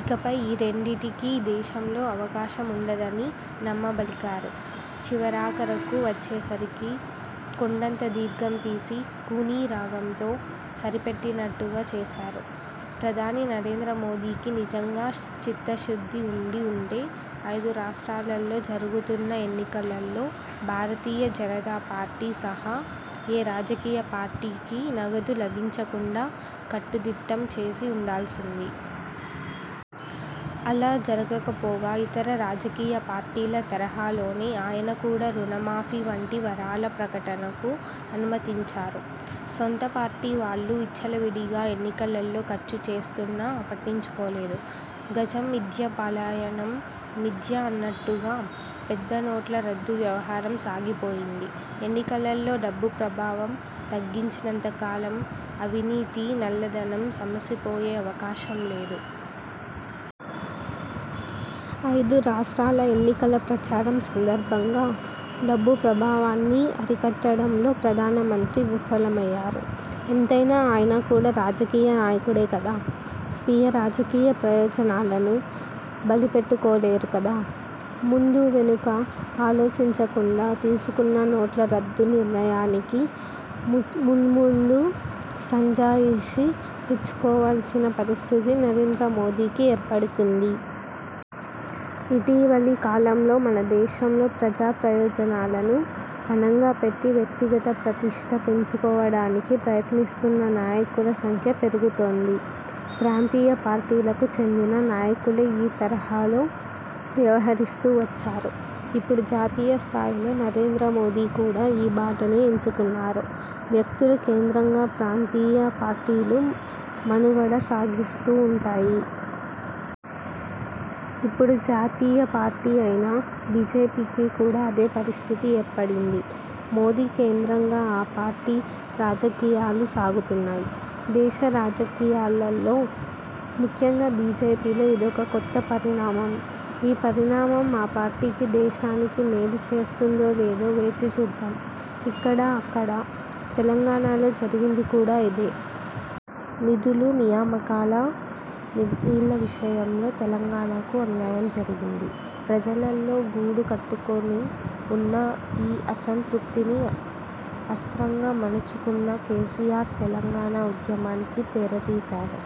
ఇకపై ఈ రెండింటికీ దేశంలో అవకాశం ఉండదని నమ్మబలికారు. చివరాఖరుకు వచ్చేసరికి కొండంత దీర్ఘం తీసి కూని రాగంతో సరిపెట్టినట్టుగా చేశారు. ప్రధాని నరేంద్ర మోదీకి నిజంగా చిత్తశుద్ధి ఉండి ఉంటే ఐదు రాష్ర్టాలలో జరుగుతున్న ఎన్నికలలో భారతీయ జనతాపార్టీ సహా ఏ రాజకీయ పార్టీకీ నగదు లభించకుండా కట్టుదిట్టం చేసి ఉండాల్సింది. అలా జరగకపోగా ఇతర రాజకీయ పార్టీల తరహాలోనే ఆయన కూడా రుణమాఫీ వంటి వరాల ప్రకటనకు అనుమతించారు. సొంత పార్టీ వాళ్లు విచ్చలవిడిగా ఎన్నికలలో ఖర్చు చేస్తున్నా పట్టించుకోలేదు. గజం మిథ్య పలాయనం మిథ్య అన్నట్టుగా పెద్దనోట్ల రద్దు వ్యవహారం సాగిపోయింది. ఎన్నికలలో డబ్బు ప్రభావం తగ్గించనంత కాలం అవినీతి, నల్లధనం సమసిపోయే అవకాశం లేదు. ఐదు రాష్ర్టాల ఎన్నికల ప్రచారం సందర్భంగా డబ్బు ప్రభావాన్ని అరికట్టడంలో ప్రధానమంత్రి విఫలమయ్యారు. ఎంతైనా ఆయన కూడా రాజకీయ నాయకుడే కదా! స్వీయ రాజకీయ ప్రయోజనాలను బలిపెట్టుకోలేరు కదా! ముందూవెనుకా ఆలోచించకుండా తీసుకున్న నోట్ల రద్దు నిర్ణయానికి మున్ముందు సంజాయిషీ ఇచ్చుకోవలసిన పరిస్థితి నరేంద్ర మోదీకి ఏర్పడుతుంది. ఇటీవలి కాలంలో మన దేశంలో ప్రజాప్రయోజనాలను పణంగా పెట్టి వ్యక్తిగత ప్రతిష్ఠ పెంచుకోవడానికి ప్రయత్నిస్తున్న నాయకుల సంఖ్య పెరుగుతోంది. ప్రాంతీయ పార్టీలకు చెందిన నాయకులే ఈ తరహాలో వ్యవహరిస్తూ వచ్చారు. ఇప్పుడు జాతీయ స్థాయిలో నరేంద్ర మోదీ కూడా ఈ బాటనే ఎంచుకున్నారు. వ్యక్తులు కేంద్రంగా ప్రాంతీయ పార్టీలు మనుగడ సాగిస్తూ ఉంటాయి. ఇప్పుడు జాతీయపార్టీ అయిన బీజేపీకి కూడా అదే పరిస్థితి ఏర్పడింది. మోదీ కేంద్రంగా ఆ పార్టీ రాజకీయాలు సాగుతున్నాయి. దేశ రాజకీయాలలో, ముఖ్యంగా బీజేపీలో ఇదొక కొత్త పరిణామం! ఈ పరిణామం ఆ పార్టీకి, దేశానికి మేలు చేస్తుందో లేదో వేచిచూద్దాం! ఇక్కడా అక్కడా! తెలంగాణలో జరిగింది కూడా ఇదే! నిధులు, నియామకాలు, నీళ్ల విషయంలో తెలంగాణకు అన్యాయం జరిగింది. ప్రజలలో గూడుకట్టుకుని ఉన్న ఈ అసంతృప్తిని అస్త్రంగా మలచుకున్న కేసీఆర్ తెలంగాణ ఉద్యమానికి తెరతీశారు.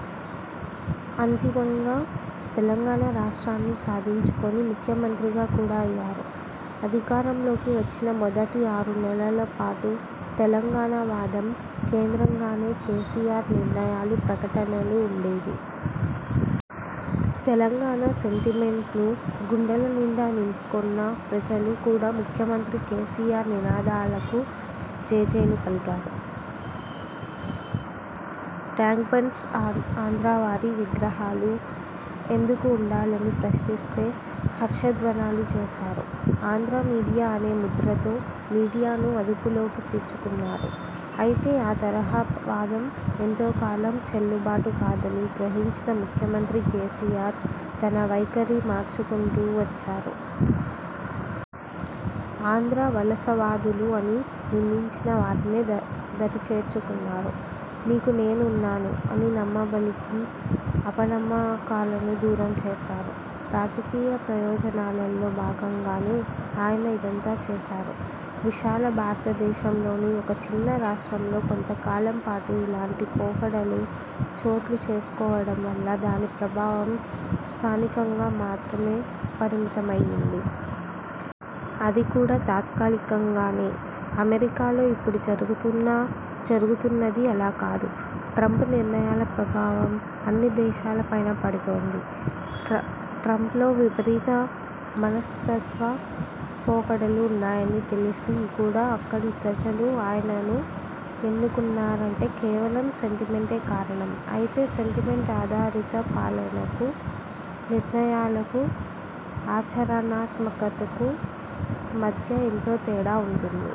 అంతిమంగా తెలంగాణ రాష్ర్టాన్ని సాధించుకుని ముఖ్యమంత్రి కూడా అయ్యారు. అధికారంలోకి వచ్చిన మొదటి ఆరు నెలలపాటు తెలంగాణవాదం కేంద్రంగానే కేసీఆర్ నిర్ణయాలు, ప్రకటనలు ఉండేవి. తెలంగాణ సెంటిమెంట్ను గుండెలనిండా నింపుకొన్న ప్రజలు కూడా ముఖ్యమంత్రి కేసీఆర్ నినాదాలకు జేజేలు పలికారు. ట్యాంక్బండ్పై ఆంధ్రావారి విగ్రహాలు ఎందుకు ఉండాలని ప్రశ్నిస్తే హర్షధ్వానాలు చేశారు. ఆంధ్రా మీడియా అనే ముద్రతో మీడియాను అదుపులోకి తెచ్చుకున్నారు. అయితే, ఆ తరహా వాదం ఎంతోకాలం చెల్లుబాటు కాదని గ్రహించిన ముఖ్యమంత్రి కేసీఆర్ తన వైఖరి మార్చుకుంటూ వచ్చారు. ఆంధ్రా వలసవాదులు అని నిందించిన వారినే దరిచేర్చుకున్నారు. 'మీకు నేను ఉన్నాను' అని నమ్మబలికి అపనమ్మకాలను దూరంచేశారు. రాజకీయ ప్రయోజనాలలో భాగంగానే ఆయన ఇదంతా చేశారు. విశాల భారతదేశంలోని ఒక చిన్న రాష్ట్రంలో కొంతకాలంపాటు ఇలాంటి పోకడలు చోటుచేసుకోవడం వల్ల దాని ప్రభావం స్థానికంగా మాత్రమే పరిమితమయ్యింది. అది కూడా తాత్కాలికంగానే! అమెరికాలో ఇప్పుడు జరుగుతున్నది అలా కాదు. ట్రంప్ నిర్ణయాల ప్రభావం అన్ని దేశాలపైనా పడుతోంది. ట్రంప్లో విపరీత మనస్తత్వ పోకడలు ఉన్నాయని తెలిసీ కూడా అక్కడి ప్రజలు ఆయనను ఎన్నుకున్నారంటే కేవలం సెంటిమెంటే కారణం! అయితే, సెంటిమెంట్ ఆధారిత పాలనకు, నిర్ణయాలకు- ఆచరణాత్మకతకు మధ్య ఎంతో తేడా ఉంటుంది.